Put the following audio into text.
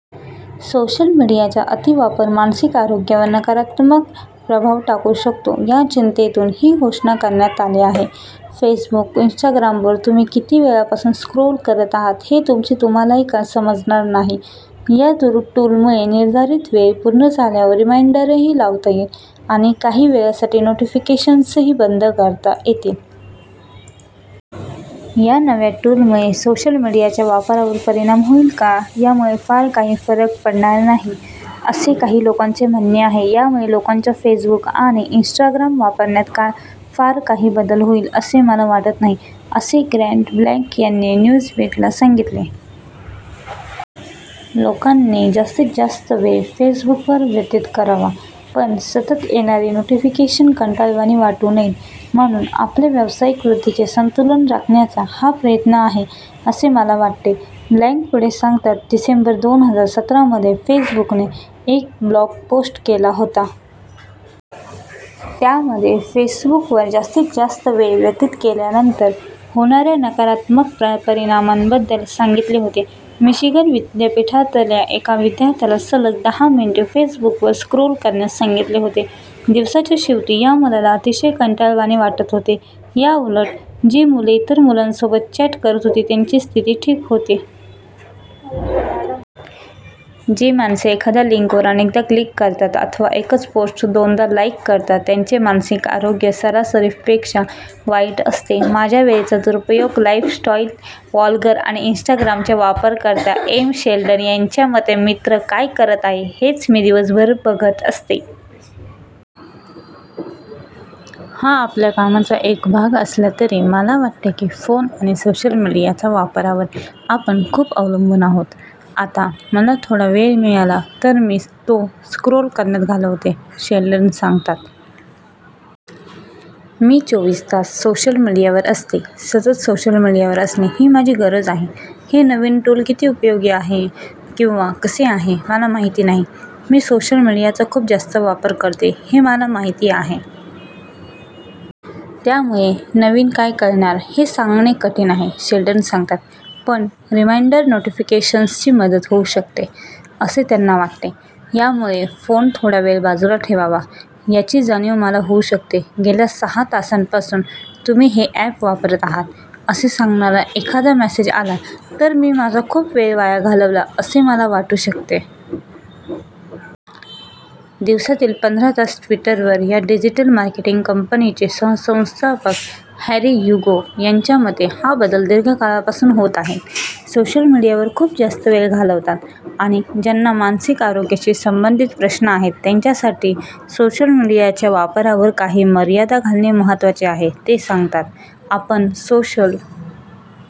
Social मीडियाचा अतिवापर मानसिक आरोग्यावर नकारात्मक प्रभाव टाकू शकतो, या चिंतेतून ही घोषणा करण्यात आली आहे. फेसबुक, इन्स्टाग्रामवर तुम्ही किती वेळापासून स्क्रोल करत आहात हे तुमचे तुम्हालाही समजणार आहे. या टूलमुळे निर्धारित वेळ पूर्ण झाल्यानंतर रिमाइंडरही लावता येईल आणि काही वेळासाठी नोटिफिकेशन्सही बंद करता येतील. या नव्या टूलमुळे सोशल मीडियाच्या वापरावर परिणाम होईल का? यामुळे फार काही फरक पडणार नाही, असे काही लोकांचे म्हणणे आहे. "यामुळे लोकांच्या फेसबुक आणि इन्स्टाग्राम वापरण्यात फार काही बदल होईल, असे मला वाटत नाही," असे ग्रँट ब्लँक यांनी न्यूजबीटला सांगितले. "लोकांनी जास्तीत जास्त वेळ फेसबुकवर व्यतीत करावा, पण सतत येणारी नोटिफिकेशन कंटाळवाणी वाटू नयेत, म्हणून आपल्या व्यावसायिक वृद्धीचे संतुलन राखण्याचा हा प्रयत्न आहे, असे मला वाटते," ब्लँक पुढे सांगतात. डिसेंबर दोन हजार सतरामध्ये फेसबुकने एक ब्लॉग पोस्ट केला होता. त्यामध्ये फेसबुकवर जास्तीत जास्त वेळ व्यतीत केल्यानंतर होणाऱ्या नकारात्मक परिणामांबद्दल सांगितले होते. मिशिगन विद्यापीठातल्या एका विद्यार्थ्याला सलग दहा मिनिटे फेसबुकवर स्क्रोल करण्यास सांगितले होते. दिवसाच्या शेवटी या मुलाला अतिशय कंटाळवाणे वाटत होते. याउलट जी मुले इतर मुलांसोबत चॅट करत होती त्यांची स्थिती ठीक होती. जी माणसे एखाद्या लिंकवर अनेकदा क्लिक करतात अथवा एकच पोस्ट दोनदा लाईक करतात, त्यांचे मानसिक आरोग्य सरासरीपेक्षा वाईट असते. 'माझ्या वेळेचा दुरुपयोग' - लाईफस्टाईल व्लॉगर आणि इन्स्टाग्रामच्या वापरकर्त्या एम. शेल्डन यांच्या मते, मित्र काय करत आहेत, हेच मी दिवसभर बघत असते. "हा आपल्या कामाचा एक भाग असला तरी मला वाटते की, फोन आणि सोशल मीडियाच्या वापरावर आपण खूप अवलंबून आहोत आता. मला थोडा मोकळा वेळ मिळाला तर मी तो स्क्रोल करण्यात घालवते," शेल्डन सांगतात. "मी चौवीस तास सोशल मीडियावर असते. सतत सोशल मीडियावर असणे ही माझी गरज आहे. हे नवीन टूल किती उपयोगी आहे किंवा कसे आहे मला माहिती नाही. मी सोशल मीडियाचा खूप जास्त वापर करते, हे मला माहिती आहे. त्यामुळे नवीन काय कळणार हे सांगणे कठीण आहे", शेल्डन सांगतात. "पण रिमाइंडर नोटिफिकेशन्सची मदत होऊ शकते", असे त्यांना वाटते. "यामुळे फोन थोडा वेळ बाजूला ठेवावा, याची जाणीव मला होऊ शकते. गेल्या सहा तासांपासून तुम्ही हे ॲप वापरत आहात, असे सांगणारा एखादा मेसेज आला तर मी माझा खूप वेळ वाया घालवला, असे मला वाटू शकते." 'दिवसातील पंधरा तास ट्विटरवर' - या डिजिटल मार्केटिंग कंपनीचे सहसंस्थापक हॅरी ह्युगो यांच्या मते, हा बदल दीर्घ काळापासून होत आहे. "सोशल मीडियावर खूप जास्त वेळ घालवतात आणि ज्यांना मानसिक आरोग्याशी संबंधित प्रश्न आहेत, त्यांच्यासाठी सोशल मीडियाच्या वापरावर काही मर्यादा घालणे महत्त्वाचे आहे", ते सांगतात. "आपण सोशल